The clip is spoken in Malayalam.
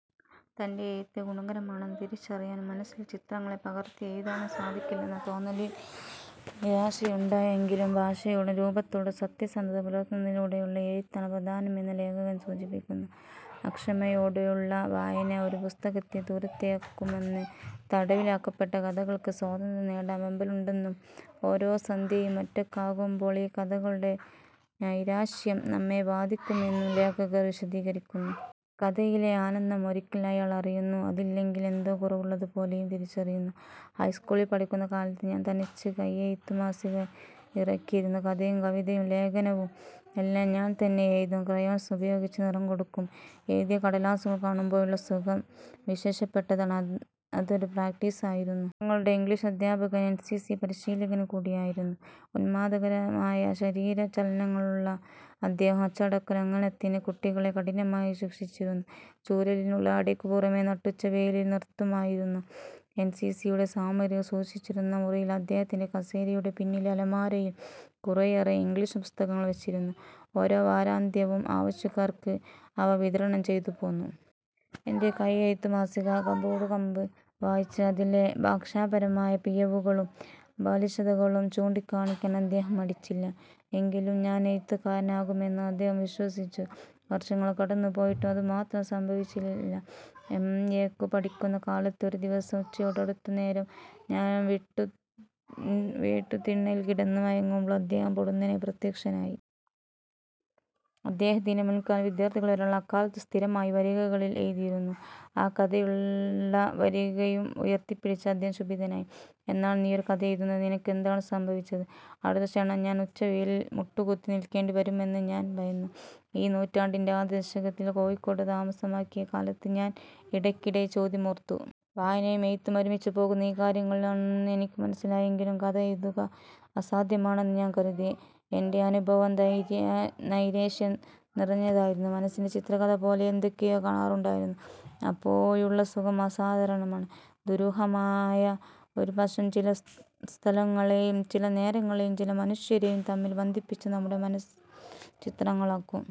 തൻ്റെ എഴുത്ത് ഗുണകരമാണെന്ന് തിരിച്ചറിയാനും, മനസ്സിലെ ചിത്രങ്ങളെ പകർത്തിയെഴുതാനും സാധിക്കില്ലെന്ന തോന്നലിൽ നിരാശയുണ്ടായെങ്കിലും, ഭാഷയോടും രൂപത്തോടും സത്യസന്ധത പുലർത്തുന്നതിലൂടെയുള്ള എഴുത്താണ് പ്രധാനമെന്ന് ലേഖകൻ സൂചിപ്പിക്കുന്നു. അക്ഷമയോടെയുള്ള വായന ഒരു പുസ്തകത്തെ ദൂരത്താക്കുമെന്നും, തടവിലാക്കപ്പെട്ട കഥകൾക്ക് സ്വാതന്ത്ര്യം നേടാൻ വെമ്പലുണ്ടെന്നും, ഓരോ സന്ധ്യയും ഒറ്റയ്ക്കാകുമ്പോൾ ഈ കഥകളുടെ നൈരാശ്യം നമ്മെ ബാധിക്കുമെന്നും ലേഖകൻ വിശദീകരിക്കുന്നു. കലയിലെ ആനന്ദം ഒരിക്കൽ അയാൾ അറിയുന്നു, അതില്ലെങ്കിൽ എന്തോ കുറവുള്ളതുപോലെയും തിരിച്ചറിയുന്നു. ഹൈസ്കൂളിൽ പഠിക്കുന്ന കാലത്ത് ഞാൻ തനിച്ച് കയ്യെഴുത്തുമാസിക ഇറക്കിയിരുന്നു. കഥയും കവിതയും ലേഖനവും എല്ലാം ഞാൻത്തന്നെ എഴുതും. ക്രയോൺസ് ഉപയോഗിച്ചു നിറം കൊടുക്കും. എഴുതിയ കടലാസുകൾ കാണുമ്പോഴുള്ള സുഖം വിശേഷപ്പെട്ടതാണ്. അതൊരു പ്രാക്ടീസ് ആയിരുന്നു. ഞങ്ങളുടെ ഇംഗ്ലിഷ് അധ്യാപകൻ എൻസിസി പരിശീലകൻ കൂടിയായിരുന്നു. ഉന്മാദകരമായ ശരീരചലനങ്ങളുള്ള അദ്ദേഹം അച്ചടക്കലംഘനത്തിന് കുട്ടികളെ കഠിനമായി ശിക്ഷിച്ചിരുന്നു. ചൂരലിനുള്ള അടിക്കു പുറമേ നട്ടുച്ചവെയിലിൽ നിർത്തുമായിരുന്നു. എൻസിസിയുടെ സാമഗ്രികൾ സൂക്ഷിച്ചിരുന്ന മുറിയിൽ, അദ്ദേഹത്തിന്റെ കസേരയുടെ പിന്നിലെ അലമാരയിൽ കുറെയേറെ ഇംഗ്ലിഷ് പുസ്തകങ്ങൾ വച്ചിരുന്നു. ഓരോ വാരാന്ത്യവും ആവശ്യക്കാർക്ക് അവ വിതരണം ചെയ്തുപോന്നു. എന്റെ കയ്യെഴുത്തുമാസിക കമ്പോടുകമ്പ് വായിച്ച് അതിലെ ഭാഷാപരമായ പിഴവുകളും ബാലിശതകളും ചൂണ്ടിക്കാണിക്കാൻ അദ്ദേഹം മടിച്ചില്ല. എങ്കിലും ഞാൻ എഴുത്തുകാരനാകുമെന്ന് അദ്ദേഹം വിശ്വസിച്ചു. വർഷങ്ങൾ കടന്നുപോയിട്ടും അതുമാത്രം സംഭവിച്ചില്ല. എംഎയ്ക്കു പഠിക്കുന്ന കാലത്ത് ഒരു ദിവസം ഉച്ചയോടടുത്തനേരം ഞാൻ വീട്ടുതിണ്ണയിൽ കിടന്ന് മയങ്ങുമ്പോൾ, അദ്ദേഹം പൊടുന്നനെ പ്രത്യക്ഷനായി. അദ്ദേഹത്തിന്റെ മുൻവിദ്യാർഥികളിലൊരാൾ അക്കാലത്തു സ്ഥിരമായി വാരികകളിൽ എഴുതിയിരുന്നു. ആ കഥയുള്ള വാരികയും ഉയർത്തിപ്പിടിച്ച് അദ്ദേഹം ക്ഷുഭിതനായി, 'എന്നാണു നീയൊരു കഥ എഴുതുന്നത്? നിനക്കെന്താണു സംഭവിച്ചത്? ' അടുത്ത ക്ഷണം ഞാൻ ഉച്ചവെയിലിൽ മുട്ടുകുത്തി നിൽക്കേണ്ടി വരുമെന്ന് ഞാൻ ഭയന്നു. ഈ നൂറ്റാണ്ടിന്റെ ആദ്യ ദശകത്തിൽ കോഴിക്കോട്ടു താമസമാക്കിയ കാലത്ത് ഞാൻ ഇടയ്ക്കിടെ ഈ ചോദ്യമോർത്തു. വായനയും എഴുത്തും ഒരുമിച്ചു പോകുന്ന കാര്യങ്ങളാണെന്ന് എനിക്ക് മനസ്സിലായെങ്കിലും കഥ എഴുതുക അസാധ്യമാണെന്നു ഞാൻ കരുതി. എന്റെ അനുഭവം നൈരാശ്യം നിറഞ്ഞതായിരുന്നു. മനസ്സിൽ ചിത്രകഥ പോലെ എന്തൊക്കെയൊ കാണാറുണ്ടായിരുന്നു. അപ്പോഴുള്ള സുഖം അസാധാരണമാണ്. ദുരൂഹമായ ഒരുപാശം ചില സ്ഥലങ്ങളെയും ചില നേരങ്ങളെയും ചില മനുഷ്യരെയും തമ്മിൽ ബന്ധിപ്പിച്ചു നമ്മുടെ മനസ്സിൽ ചിത്രങ്ങളാക്കും.